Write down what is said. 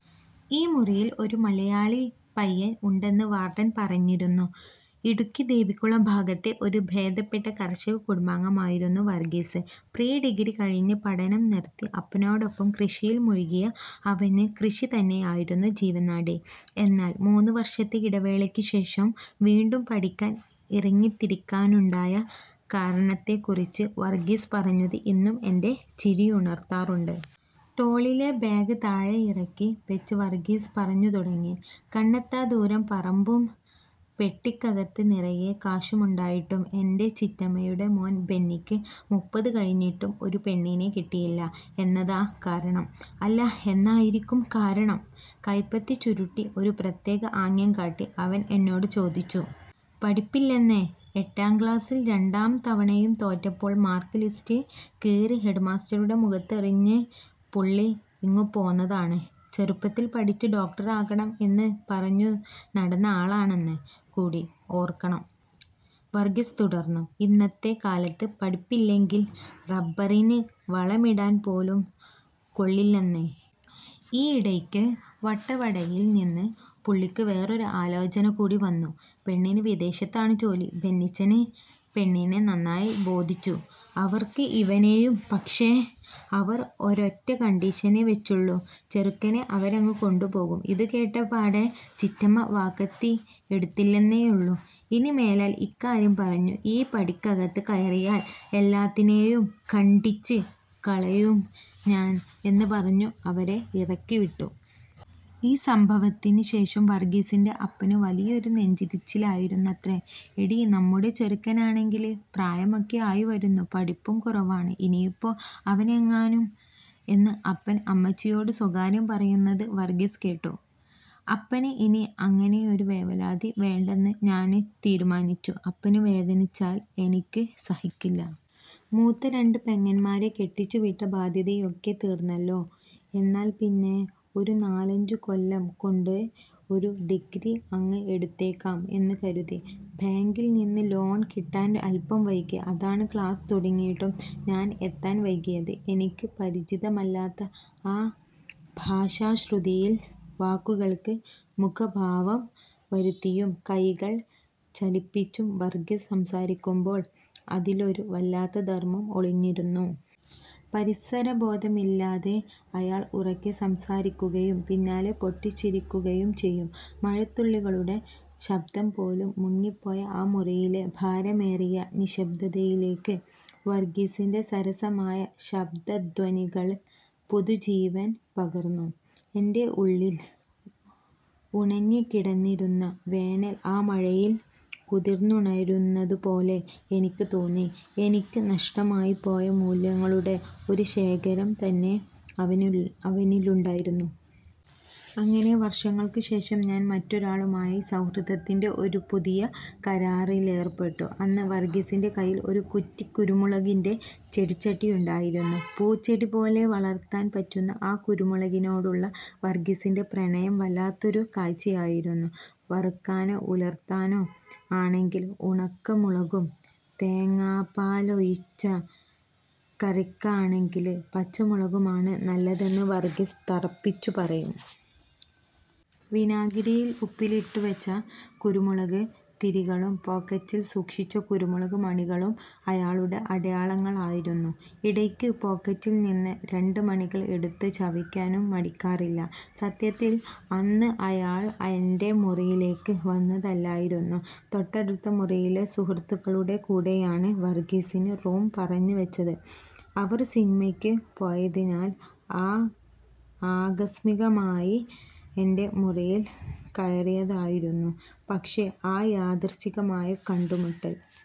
"ഈ മുറിയിൽ ഒരു മലയാളി പയ്യൻ ഉണ്ടെന്ന് വാർഡൻ പറഞ്ഞിരുന്നു. " ഇടുക്കി ദേവികുളം ഭാഗത്തെ ഒരു ഭേദപ്പെട്ട കർഷക കുടുംബാംഗമായിരുന്നു വർഗീസ്. പ്രീഡിഗ്രി കഴിഞ്ഞ് പഠനം നിർത്തി അപ്പനോടൊപ്പം കൃഷിയിൽ മുഴുകിയ അവന് കൃഷി തന്നെയായിരുന്നു ജീവനാഡി. എന്നാൽ മൂന്നു വർഷത്തെ ഇടവേളയ്ക്ക് ശേഷം വീണ്ടും പഠിക്കാൻ ഇറങ്ങിത്തിരിക്കാനുണ്ടായ കാരണത്തെക്കുറിച്ച് വർഗീസ് പറഞ്ഞത് ഇന്നും എന്റെ ചിരിയുണർത്താറുണ്ട്. തോളിലെ ബാഗ് താഴെയിറക്കി വെച്ച് വർഗീസ് പറഞ്ഞു തുടങ്ങി: "കണ്ണെത്താദൂരം പറമ്പും പെട്ടിക്കകത്ത് നിറയെ കാശുമുണ്ടായിട്ടും എന്റെ ചിറ്റമ്മയുടെ മോൻ ബെന്നിക്ക് മുപ്പത് കഴിഞ്ഞിട്ടും ഒരു പെണ്ണിനെ കിട്ടിയില്ല. എന്നതാ കാരണം.. അല്ല എന്നായിരിക്കും കാരണം.? " കൈപ്പത്തി ചുരുട്ടി ഒരു പ്രത്യേക ആംഗ്യം കാട്ടി അവൻ എന്നോട് ചോദിച്ചു. "പഠിപ്പില്ലെന്നേ... എട്ടാം ക്ലാസ്സിൽ രണ്ടാം തവണയും തോറ്റപ്പോൾ മാർക്ക് ലിസ്റ്റ് കീറി ഹെഡ്മാസ്റ്ററുടെ മുഖത്തെറിഞ്ഞ് പുള്ളി ഇങ്ങു പോന്നതാണ്. ചെറുപ്പത്തിൽ പഠിച്ച് ഡോക്ടറാകണം എന്ന് പറഞ്ഞു നടന്ന ആളാണെന്ന് കൂടി ഓർക്കണം! " വർഗീസ് തുടർന്നു: "ഇന്നത്തെ കാലത്ത് പഠിപ്പില്ലെങ്കിൽ റബ്ബറിന് വളമിടാൻ പോലും കൊള്ളില്ലെന്നേ. ഈയിടയ്ക്ക് വട്ടവടയിൽ നിന്ന് പുള്ളിക്ക് വേറൊരു ആലോചന കൂടി വന്നു. പെണ്ണിന് വിദേശത്താണ് ജോലി. ബെന്നിച്ചന് പെണ്ണിനെ നന്നായി ബോധിച്ചു, അവർക്ക് ഇവനെയും. പക്ഷേ അവർ ഒരൊറ്റ കണ്ടീഷനേ വെച്ചുള്ളൂ ചെറുക്കനെ അവരങ്ങ് കൊണ്ടുപോകും! ഇതുകേട്ട പാടെ ചിറ്റമ്മ വാക്കത്തി എടുത്തില്ലെന്നേയുള്ളൂ. 'ഇനിമേലാൽ ഇക്കാര്യം പറഞ്ഞു ഈ പടിക്കകത്ത് കയറിയാൽ എല്ലാത്തിനെയും കണ്ഡിച്ച് കളയും ഞാൻ' എന്ന് പറഞ്ഞു അവരെ ഇറക്കിവിട്ടു. " ഈ സംഭവത്തിന് ശേഷം വർഗീസിന്റെ അപ്പന് വലിയൊരു നെഞ്ചിരിച്ചിലായിരുന്നത്രേ. "എടീ, നമ്മുടെ ചെറുക്കനാണെങ്കിൽ പ്രായമൊക്കെ ആയിവരുന്നു, പഠിപ്പും കുറവാണ്. ഇനിയിപ്പോ അവനെങ്ങാനും... " എന്ന് അപ്പൻ അമ്മച്ചിയോട് സ്വകാര്യം പറയുന്നത് വർഗീസ് കേട്ടു. "അപ്പന് ഇനി അങ്ങനെയൊരു വേവലാതി വേണ്ടെന്ന് ഞാൻ തീരുമാനിച്ചു. അപ്പന് വേദനിച്ചാൽ എനിക്ക് സഹിക്കില്ല. മൂത്ത രണ്ട് പെങ്ങന്മാരെ കെട്ടിച്ചുവിട്ട ബാധ്യതയൊക്കെ തീർന്നല്ലോ. എന്നാൽപ്പിന്നെ ഒരു നാലഞ്ചു കൊല്ലം കൊണ്ട് ഒരു ഡിഗ്രി അങ്ങ് എടുത്തേക്കാം എന്ന് കരുതി. ബാങ്കിൽ നിന്ന് ലോൺ കിട്ടാൻ അല്പം വൈകി, അതാണ് ക്ലാസ് തുടങ്ങിയിട്ടും ഞാൻ എത്താൻ വൈകിയത്. " എനിക്ക് പരിചിതമല്ലാത്ത ആ ഭാഷാശ്രുതിയിൽ, വാക്കുകൾക്ക് മുഖഭാവം വരുത്തിയും കൈകൾ ചലിപ്പിച്ചും വർഗീസ് സംസാരിക്കുമ്പോൾ അതിലൊരു വല്ലാത്ത നർമ്മം ഒളിഞ്ഞിരുന്നു. പരിസരബോധമില്ലാതെ അയാൾ ഉറക്കെ സംസാരിക്കുകയും പിന്നാലെ പൊട്ടിച്ചിരിക്കുകയും ചെയ്യും. മഴത്തുള്ളികളുടെ ശബ്ദം പോലും മുങ്ങിപ്പോയ ആ മുറിയിലെ ഭാരമേറിയ നിശ്ശബ്ദതയിലേക്ക് വർഗീസിന്റെ സരസമായ ശബ്ദധ്വനികൾ പുതുജീവൻ പകർന്നു. എന്റെ ഉള്ളിൽ ഉണങ്ങിക്കിടന്നിരുന്ന വേനൽ ആ മഴയിൽ കുതിർന്നുണരുന്നതുപോലെ എനിക്ക് തോന്നി. എനിക്ക് നഷ്ടമായിപ്പോയ മൂല്യങ്ങളുടെ ഒരു ശേഖരം തന്നെ അവനിലുണ്ടായിരുന്നു. അങ്ങനെ വർഷങ്ങൾക്ക് ശേഷം, ഞാൻ മറ്റൊരാളുമായി സൗഹൃദത്തിന്റെ ഒരു പുതിയ കരാറിലേർപ്പെട്ടു. അന്ന് വർഗീസിന്റെ കയ്യിൽ ഒരു കുറ്റിക്കുരുമുളകിന്റെ ചെടിച്ചട്ടിയുണ്ടായിരുന്നു. പൂച്ചെടിപോലെ വളർത്താൻ പറ്റുന്ന ആ കുരുമുളകിനോടുള്ള വർഗീസിന്റെ പ്രണയം വല്ലാത്തൊരു കാഴ്ചയായിരുന്നു. വറുക്കാനോ ഉലർത്താനോ ആണെങ്കിൽ ഉണക്കമുളകും, തേങ്ങാപ്പാലൊഴിച്ച കറിക്കാണെങ്കിൽ പച്ചമുളകുമാണ് നല്ലതെന്ന് വർഗീസ് തറപ്പിച്ചു പറയും. വിനാഗിരിയിൽ ഉപ്പിലിട്ടുവെച്ച കുരുമുളക് തിരികളും പോക്കറ്റിൽ സൂക്ഷിച്ച കുരുമുളക് മണികളും അയാളുടെ അടയാളങ്ങളായിരുന്നു. ഇടയ്ക്ക് പോക്കറ്റിൽ നിന്ന് രണ്ട് മണികൾ എടുത്ത് ചവയ്ക്കാനും മടിക്കാറില്ല. സത്യത്തിൽ അന്ന് അയാൾ എന്റെ മുറിയിലേക്ക് വന്നതല്ലായിരുന്നു. തൊട്ടടുത്ത മുറിയിലെ സുഹൃത്തുക്കളുടെ കൂടെയാണ് വർഗ്ഗീസിന് റൂം പറഞ്ഞ് വെച്ചത്. അവർ സിനിമയ്ക്ക് പോയതിനാൽ ആകസ്മികമായി എന്റെ മുറിയിൽ കയറിയതായിരുന്നു. പക്ഷേ ആ യാദൃച്ഛികമായ കണ്ടുമുട്ടൽ